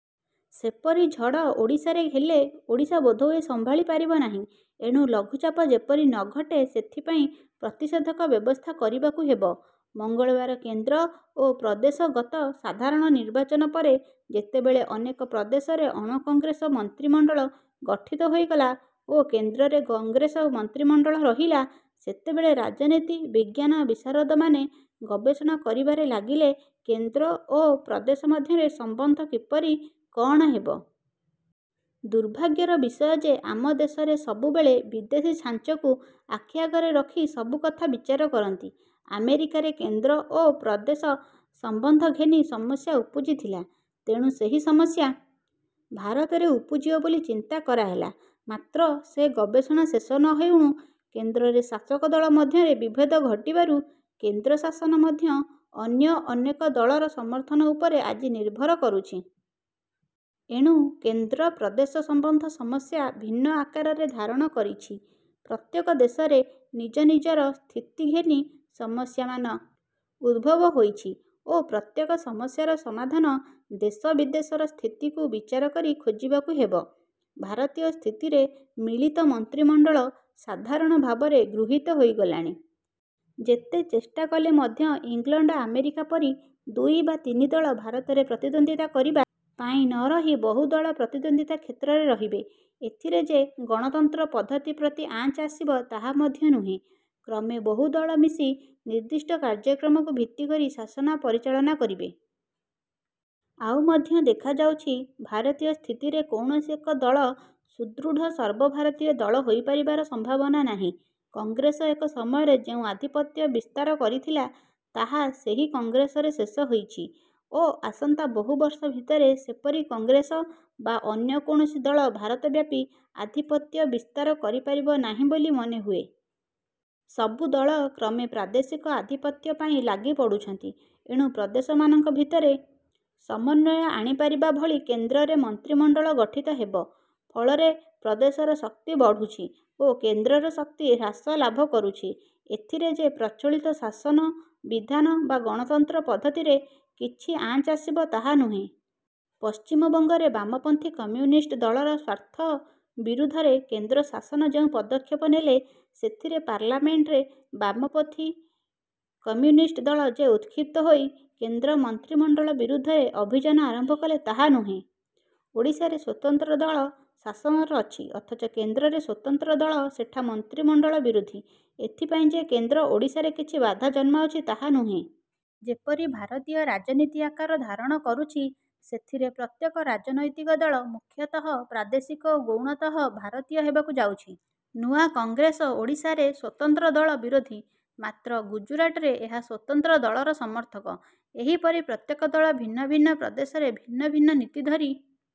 ସେପରି ଝଡ଼ ଓଡ଼ିଶାରେ ହେଲେ ଓଡ଼ିଶା ବୋଧହୁଏ ସମ୍ଭାଳି ପାରିବନାହିଁ। ଏଣୁ ଲଘୁଚାପ ଯେପରି ନ ଘଟେ ସେଥିପାଇଁ ପ୍ରତିଷେଧକ ବ୍ୟବସ୍ଥା କରିବାକୁ ହେବ। ମଙ୍ଗଳବାର କେନ୍ଦ୍ର ଓ ପ୍ରଦେଶ ଗତ ସାଧାରଣ ନିର୍ବାଚନ ପରେ ଯେତେବେଳେ ଅନେକ ପ୍ରଦେଶରେ ଅଣକଂଗ୍ରେସ ମନ୍ତ୍ରିମଣ୍ଡଳ ଗଠିତ ହୋଇଗଲା ଓ କେନ୍ଦ୍ରରେ କଂଗ୍ରେସ ମନ୍ତ୍ରିମଣ୍ଡଳ ରହିଲା, ସେତେବେଳେ ରାଜନୀତି-ବିଜ୍ଞାନ ବିଶାରଦମାନେ ଗବେଷଣା କରିବାରେ ଲାଗିଲେ କେନ୍ଦ୍ର ଓ ପ୍ରଦେଶ ମଧ୍ୟରେ ସମ୍ବନ୍ଧ କିପରି କଅଣ ହେବ। ଦୁର୍ଭାଗ୍ୟର ବିଷୟ ଯେ ଆମ ଦେଶରେ ସବୁବେଳେ ବିଦେଶୀ ଛାଞ୍ଚକୁ ଆଖିଆଗରେ ରଖି ସବୁ କଥା ବିଚାର କରନ୍ତି। ଆମେରିକାରେ କେନ୍ଦ୍ର ଓ ପ୍ରଦେଶ ସମ୍ବନ୍ଧ ଘେନି ସମସ୍ୟା ଉପୁଜିଥିଲା। ତେଣୁ ସେହି ସମସ୍ୟା ଭାରତରେ ଉପୁଜିବ ବୋଲି ଚିନ୍ତା କରାହେଲା; ମାତ୍ର ସେ ଗବେଷଣା ଶେଷ ନ ହେଉଣୁ, କେନ୍ଦ୍ରରେ ଶାସକ ଦଳ ମଧ୍ୟରେ ବିଭେଦ ଘଟିବାରୁ କେନ୍ଦ୍ର ଶାସନ ମଧ୍ୟ ଅନ୍ୟ ଅନେକ ଦଳର ସମର୍ଥନ ଉପରେ ଆଜି ନିର୍ଭର କରୁଛି। ଏଣୁ କେନ୍ଦ୍ର-ପ୍ରଦେଶ ସମ୍ବନ୍ଧ ସମସ୍ୟା ଭିନ୍ନ ଆକାରରେ ଧାରଣ କରିଛି। ପ୍ରତ୍ୟେକ ଦେଶରେ ନିଜ ନିଜର ସ୍ଥିତି ଘେନି ସମସ୍ୟାମାନ ଉଦ୍ଭବ ହୋଇଛି ଓ ପ୍ରତ୍ୟେକ ସମସ୍ୟାର ସମାଧାନ ଦେଶ ବିଦେଶର ସ୍ଥିତିକୁ ବିଚାର କରି ଖୋଜିବାକୁ ହେବ। ଭାରତୀୟ ସ୍ଥିତିରେ ମିଳିତ ମନ୍ତ୍ରିମଣ୍ଡଳ ସାଧାରଣ ଭାବରେ ଗୃହୀତ ହୋଇଗଲାଣି। ଯେତେ ଚେଷ୍ଟା କଲେ ମଧ୍ୟ ଇଂଲଣ୍ଡ ଆମେରିକା ପରି ଦୁଇ ବା ତିନି ଦଳ ଭାରତରେ ପ୍ରତିଦ୍ୱନ୍ଦ୍ୱିତା କରିବା ପାଇଁ ନ ରହି ବହୁ ଦଳ ପ୍ରତିଦ୍ୱନ୍ଦ୍ୱିତା କ୍ଷେତ୍ରରେ ରହିବେ। ଏଥିରେ ଯେ ଗଣତନ୍ତ୍ର ପଦ୍ଧତି ପ୍ରତି ଆଞ୍ଚ ଆସିବ, ତାହା ମଧ୍ୟ ନୁହେଁ। କ୍ରମେ ବହୁ ଦଳ ମିଶି ନିର୍ଦ୍ଦିଷ୍ଟ କାର୍ଯ୍ୟକ୍ରମକୁ ଭିତ୍ତିକରି ଶାସନ ପରିଚାଳନା କରିବେ। ଆଉ ମଧ୍ୟ ଦେଖାଯାଉଛି, ଭାରତୀୟ ସ୍ଥିତିରେ କୌଣସି ଏକ ଦଳ ସୁଦୃଢ଼ ସର୍ବଭାରତୀୟ ଦଳ ହୋଇପାରିବାର ସମ୍ଭାବନା ନାହିଁ। କଂଗ୍ରେସ ଏକ ସମୟରେ ଯେଉଁ ଆଧିପତ୍ୟ ବିସ୍ତାର କରିଥିଲା, ତାହା ସେହି କଂଗ୍ରେସରେ ଶେଷ ହୋଇଛି ଓ ଆସନ୍ତା ବହୁବର୍ଷ ଭିତରେ ସେପରି କଂଗ୍ରେସ ବା ଅନ୍ୟ କୌଣସି ଦଳ ଭାରତବ୍ୟାପୀ ଆଧିପତ୍ୟ ବିସ୍ତାର କରିପାରିବ ନାହିଁ ବୋଲି ମନେହୁଏ। ସବୁଦଳ କ୍ରମେ ପ୍ରାଦେଶିକ ଆଧିପତ୍ୟ ପାଇଁ ଲାଗିପଡ଼ୁଛନ୍ତି। ଏଣୁ ପ୍ରଦେଶମାନଙ୍କ ଭିତରେ ସମନ୍ୱୟ ଆଣିପାରିବା ଭଳି କେନ୍ଦ୍ରରେ ମନ୍ତ୍ରିମଣ୍ଡଳ ଗଠିତ ହେବ। ପଳରେ ପ୍ରଦେଶର ଶକ୍ତି ବଢ଼ୁଛି ଓ କେନ୍ଦ୍ରର ଶକ୍ତି ହ୍ରାସ ଲାଭକରୁଛି। ଏଥିରେ ଯେ ପ୍ରଚଳିତ ଶାସନ ବିଧାନ ବା ଗଣତନ୍ତ୍ର ପଦ୍ଧତିରେ କିଛି ଆଞ୍ଚ ଆସିବ ତାହା ନୁହେଁ। ପଶ୍ଚିମବଙ୍ଗରେ ବାମପନ୍ଥୀ କମ୍ୟୁନିଷ୍ଟ ଦଳର ସ୍ୱାର୍ଥ ବିରୁଦ୍ଧରେ କେନ୍ଦ୍ର ଶାସନ ଯେଉଁ ପଦକ୍ଷେପ ନେଲେ, ସେଥିରେ ପାର୍ଲାମେଣ୍ଟରେ ବାମପନ୍ଥୀ କମ୍ୟୁନିଷ୍ଟ ଦଳ ଯେ ଉତ୍କ୍ଷିପ୍ତ ହୋଇ କେନ୍ଦ୍ର ମନ୍ତ୍ରିମଣ୍ଡଳ ବିରୁଦ୍ଧରେ ଅଭିଯାନ ଆରମ୍ଭ କଲେ, ତାହା ନୁହେଁ। ଓଡ଼ିଶାରେ ସ୍ୱତନ୍ତ୍ର ଦଳ ଶାସନରେ ଅଛି; ଅଥଚ କେନ୍ଦ୍ରରେ ସ୍ୱତନ୍ତ୍ର ଦଳ ସେଠା ମନ୍ତ୍ରିମଣ୍ଡଳ ବିରୋଧୀ, ଏଥିପାଇଁ ଯେ କେନ୍ଦ୍ର ଓଡ଼ିଶାରେ କିଛି ବାଧା ଜନ୍ମାଉଛି ତାହା ନୁହେଁ। ଯେପରି ଭାରତୀୟ ରାଜନୀତି ଆକାର ଧାରଣ କରୁଛି, ସେଥିରେ ପ୍ରତ୍ୟେକ ରାଜନୈତିକ ଦଳ ମୁଖ୍ୟତଃ ପ୍ରାଦେଶିକ ଓ ଗୌଣତଃ ଭାରତୀୟ ହେବାକୁ ଯାଉଛି। ନୂଆ କଂଗ୍ରେସ ଓଡ଼ିଶାରେ ସ୍ୱତନ୍ତ୍ରଦଳ ବିରୋଧୀ ମାତ୍ର ଗୁଜୁରାଟରେ ଏହା ସ୍ୱତନ୍ତ୍ର ଦଳର ସମର୍ଥକ। ଏହିପରି ପ୍ରତ୍ୟେକ ଦଳ ଭିନ୍ନ ଭିନ୍ନ ପ୍ରଦେଶରେ ଭିନ୍ନ ଭିନ୍ନ ନୀତି ଧରି